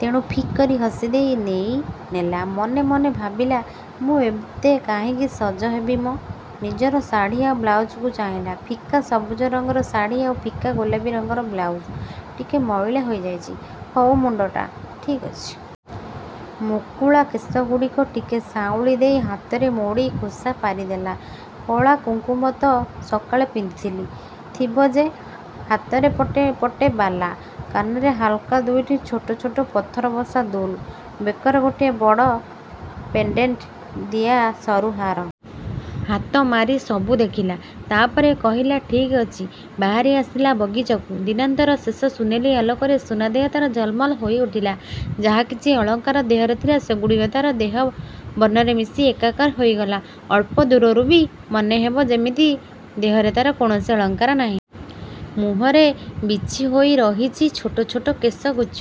ତେଣୁ ଫିକ୍କରି ହସିଦେଇ ନେଇନେଲା। ମନେ ମନେ ଭାବିଲା ମୁଁ ଏତେ କାହିଁକି ସଜହେବି ମ! ନିଜର ଶାଢ଼ି ଆଉ ବ୍ଳାଉଜକୁ ଚାହିଁଲା। ଫିକା ସବୁଜ ରଙ୍ଗର ଶାଢ଼ି ଆଉ ଫିକା ଗୋଲାପୀ ରଙ୍ଗର ବ୍ଳାଉଜ୍। ଟିକେ ମଇଳା ହୋଇଯାଇଛି। ହଉ ମୁଣ୍ଡଟା? ଠିକ୍ ଅଛି। ମୁକୁଳା କେଶଗୁଡ଼ିକ ଟିକେ ସାଉଁଳି ଦେଇ ହାତରେ ମୋଡ଼ି ଖୋସା ପାରିଦେଲା। କଳା, କୁଙ୍କୁମ ତ ସକାଳେ ପିନ୍ଧି ଥିବ ଯେ, ହାତରେ ପଟେ ପଟେ ବାଲା, କାନରେ ହାଲୁକା ଦୁଇଟି ଛୋଟ ଛୋଟ ପଥରବସା ଦୁଲ୍। ବେକରେ ଗୋଟିଏ ବଡ଼ ପେଣ୍ଡେଣ୍ଟ୍ ଦିଆ ସରୁ ହାର। ହାତ ମାରି ସବୁ ଦେଖିଲା। ତା'ପରେ କହିଲା ଠିକ୍ ଅଛି ବାହାରିଆସିଲା ବଗିଚାକୁ। ଦିନାନ୍ତର ଶେଷ ସୁନେଲି ଆଲୋକରେ ସୁନାଦେହ ତା'ର ଝଲ୍ମଲ୍ ହୋଇଉଠିଲା। ଯାହା କିଛି ଅଳଙ୍କାର ଦେହରେ ଥିଲା ସେଗୁଡ଼ିକ ତା'ର ଦେହ ବର୍ଣ୍ଣରେ ମିଶି ଏକାକାର ହୋଇଗଲା। ଅଳ୍ପ ଦୂରରୁ ବି ମନେହେବ ଯେମିତି ଦେହରେ ତା'ର କୌଣସି ଅଳଙ୍କାର ନାହିଁ। ମୁହଁରେ ବିଛିହୋଇ ରହିଛି ଛୋଟ ଛୋଟ କେଶଗୁଚ୍ଛ।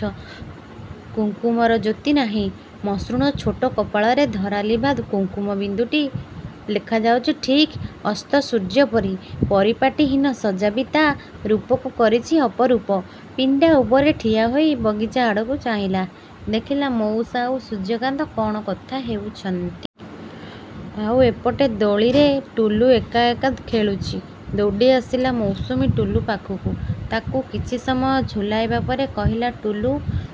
କୁଙ୍କୁମର ଜ୍ୟୋତି ନାହିଁ। ମସୃଣ ଛୋଟ କପାଳରେ ଧରାଲିଭା କୁଙ୍କୁମ ବିନ୍ଦୁଟି ଦେଖାଯାଉଛି ଠିକ୍ ଅସ୍ତସୂର୍ଯ୍ୟପରି। ପରିପାଟୀ ହୀନ ସଜ୍ଜା ବି ତା' ରୂପକୁ କରିଛି ଅପରୂପ। ପିଣ୍ଡା ଉପରେ ଠିଆହୋଇ ବଗିଚାଆଡ଼କୁ ଚାହିଁଲା, ଦେଖିଲା ମଉସା ଆଉ ସୂର୍ଯ୍ୟକାନ୍ତ କ'ଣ କଥା ହେଉଛନ୍ତି। ଆଉ ଏପଟେ ଦୋଳିରେ ଟୁଲୁ ଏକା ଏକା ଖେଳୁଛି। ଦୌଡ଼ିଆସିଲା ମୌସୁମୀ ଟୁଲୁ ପାଖକୁ। ତାକୁ କିଛି ସମୟ ଝୁଲାଇବା ପରେ କହିଲା ଟୁଲୁ,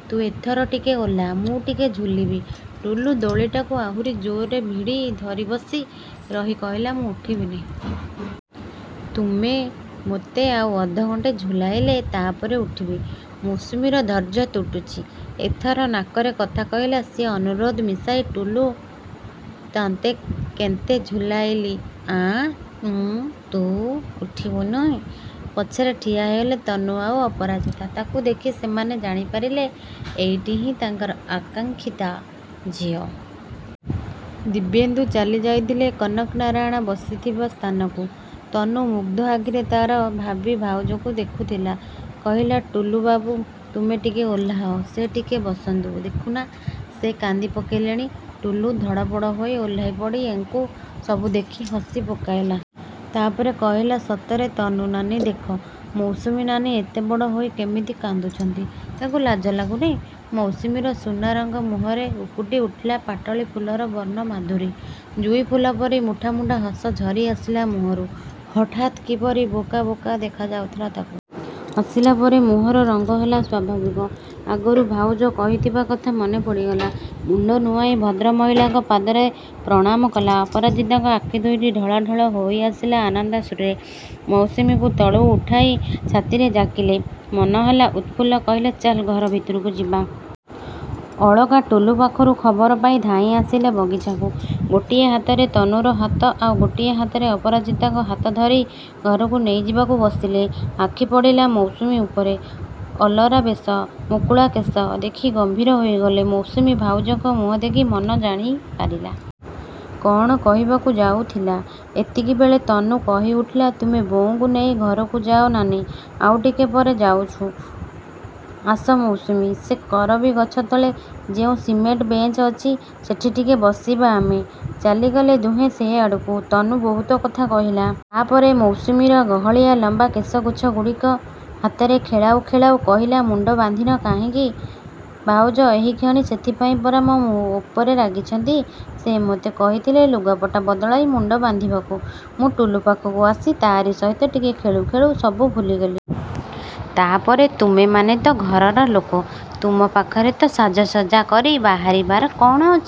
ତୁ ଏଥର ଟିକେ ଓହ୍ଳା, ମୁଁ ଟିକେ ଝୁଲିବି। ଟୁଲୁ ଦୋଳିଟାକୁ ଆହୁରି ଜୋରରେ ଭିଡ଼ି ଧରି ବସି ରହି କହିଲା ମୁଁ ଉଠିବିନି। ତୁମେ ମୋତେ ଆଉ ଅଧଘଣ୍ଟେ ଝୁଲାଇଲେ, ତାପରେ ଉଠିବି। ମୌସୁମୀର ଧୈର୍ଯ୍ୟ ତୁଟିଛି। ଏଥର ନାକରେ କଥା କହିଲା ସିଏ ଅନୁରୋଧ ମିଶାଇ ଟୁଲୁଁ, ତତେଁ କେଁତେ ଝୁଲାଇଲି, ଆଁ ଉଁ ତୁଁ ଉଠିବୁଁନି। ପଛରେ ଠିଆ ହୋଇଥିଲେ ତନୁ ଆଉ ଅପରାଜିତା। ତାକୁ ଦେଖି ସେମାନେ ଜାଣିପାରିଥିଲେ ଏଇଟିହିଁ ତାଙ୍କର ଆକାଙ୍କ୍ଷିତା ଝିଅ। ଦିବ୍ୟେନ୍ଦୁ ଚାଲିଯାଇଥିଲେ କନକ ନାରାୟଣ ବସିଥିବା ସ୍ଥାନକୁ। ତନୁ ମୁଗ୍ଧ ଆଖିରେ ତା'ର ଭାବି ଭାଉଜକୁ ଦେଖୁଥିଲା। କହିଲା, ଟୁଲୁବାବୁ ତୁମେ ଟିକେ ଓହ୍ଳାଅ। ସେ ଟିକେ ବସନ୍ତୁ। ଦେଖୁନା, ସେ କାନ୍ଦି ପକାଇଲେଣି। ଟୁଲୁ ଧଡ଼ପଡ଼ ହୋଇ ଓହ୍ଳାଇପଡ଼ି ଏଙ୍କୁ ସବୁ ଦେଖି ହସି ପକାଇଲା। ତାପରେ କହିଲା ସତରେ ତନୁ ନାନୀ ଦେଖ, ମୌସୁମୀ ନାନୀ ଏଡ଼େବଡ଼ ହୋଇ କେମିତି କାନ୍ଦୁଛନ୍ତି। ତାଙ୍କୁ ଲାଜ ଲାଗୁନି। ମୌସୁମୀର ସୁନା ରଙ୍ଗ ମୁହଁରେ ଉକୁଟି ଉଠିଲା ପାଟଳି ଫୁଲର ବର୍ଣ୍ଣମାଧୁରୀ। ଜୁଇ ଫୁଲ ପରି ମୁଠା ମୁଠା ହସ ଝରିଆସିଲା ମୁହଁରୁ। ହଠାତ୍ କିପରି ବୋକା ବୋକା ଦେଖାଯାଉଥିଲା ତାକୁ। ହସିଲା ପରେ ମୁହଁର ରଙ୍ଗ ହେଲା ସ୍ୱାଭାବିକ। ଆଗରୁ ଭାଉଜ କହିଥିବା କଥା ମନେପଡ଼ିଗଲା। ମୁଣ୍ଡ ନୁଆଇଁ ଭଦ୍ରମହିଳାଙ୍କ ପାଦରେ ପ୍ରଣାମ କଲା। ଅପରାଜିତାଙ୍କ ଆଖିଦୁଇଟି ଢଳ ଢଳ ହୋଇଆସିଲା ଆନନ୍ଦାଶ୍ରୁରେ। ମୌସୁମୀକୁ ତଳୁ ଉଠାଇ ଛାତିରେ ଜାକିଲେ। ମନହେଲା ଉତ୍ଫୁଲ୍ଲ। କହିଲେ ଚାଲ୍ ଘର ଭିତରକୁ ଯିବା। ଅଳକା ଟୁଲୁ ପାଖରୁ ଖବର ପାଇ ଧାଇଁଆସିଲେ ବଗିଚାକୁ। ଗୋଟିଏ ହାତରେ ତନୁର ହାତ ଆଉ ଗୋଟିଏ ହାତରେ ଅପରାଜିତାଙ୍କ ହାତ ଧରି ଘରକୁ ନେଇଯିବାକୁ ବସିଲେ। ଆଖିପଡ଼ିଲା ମୌସୁମୀ ଉପରେ। ଅଲରା ବେଶ, ମୁକୁଳା କେଶ ଦେଖି ଗମ୍ଭୀର ହୋଇଗଲେ। ମୌସୁମୀ ଭାଉଜଙ୍କ ମୁହଁ ଦେଖି ମନ ଜାଣିପାରିଲା। କ'ଣ କହିବାକୁ ଯାଉଥିଲା। ଏତିକିବେଳେ ତନୁ କହିଉଠିଲା–ତୁମେ ବୋଉଙ୍କୁ ନେଇ ଘରକୁ ଯାଅ ନାନୀ, ଆମେ ଟିକେ ପରେ ଯାଉଛୁ। ଆସ ମୌସୁମୀ, ସେ କରବୀ ଗଛ ତଳେ ଯେଉଁ ସିମେଣ୍ଟ ବେଞ୍ଚ ଅଛି, ସେଠି ଟିକେ ବସିବା ଆମେ। ଚାଲିଗଲେ ଦୁହେଁ ସେଆଡ଼କୁ। ତନୁ ବହୁତ କଥା କହିଲା। ତାପରେ ମୌସୁମୀର ଗହଳିଆ ଲମ୍ବା କେଶଗୁଚ୍ଛଗୁଡ଼ିକ ହାତରେ ଖେଳାଉ ଖେଳାଉ କହିଲା ମୁଣ୍ଡ ବାନ୍ଧିନ କାହିଁକି? ଭାଉଜ ଏହିକ୍ଷଣି ସେଥିପାଇଁ ପରା ମୋ ଉପରେ ରାଗିଛନ୍ତି। ସେ ମୋତେ କହିଥିଲେ ଲୁଗାପଟା ବଦଳାଇ ମୁଣ୍ଡ ବାନ୍ଧିବାକୁ। ମୁଁ ଟୁଲୁ ପାଖକୁ ଆସି ତାରି ସହିତ ଟିକେ ଖେଳୁ ଖେଳୁ ସବୁ ଭୁଲିଗଲି। ତାପରେ, ତୁମେମାନେ ତ। ଘରର ଲୋକ। ତୁମ ପାଖରେ ତ ସାଜସଜ୍ଜା କରି ବାହାରିବାର କ'ଣ ଅଛି।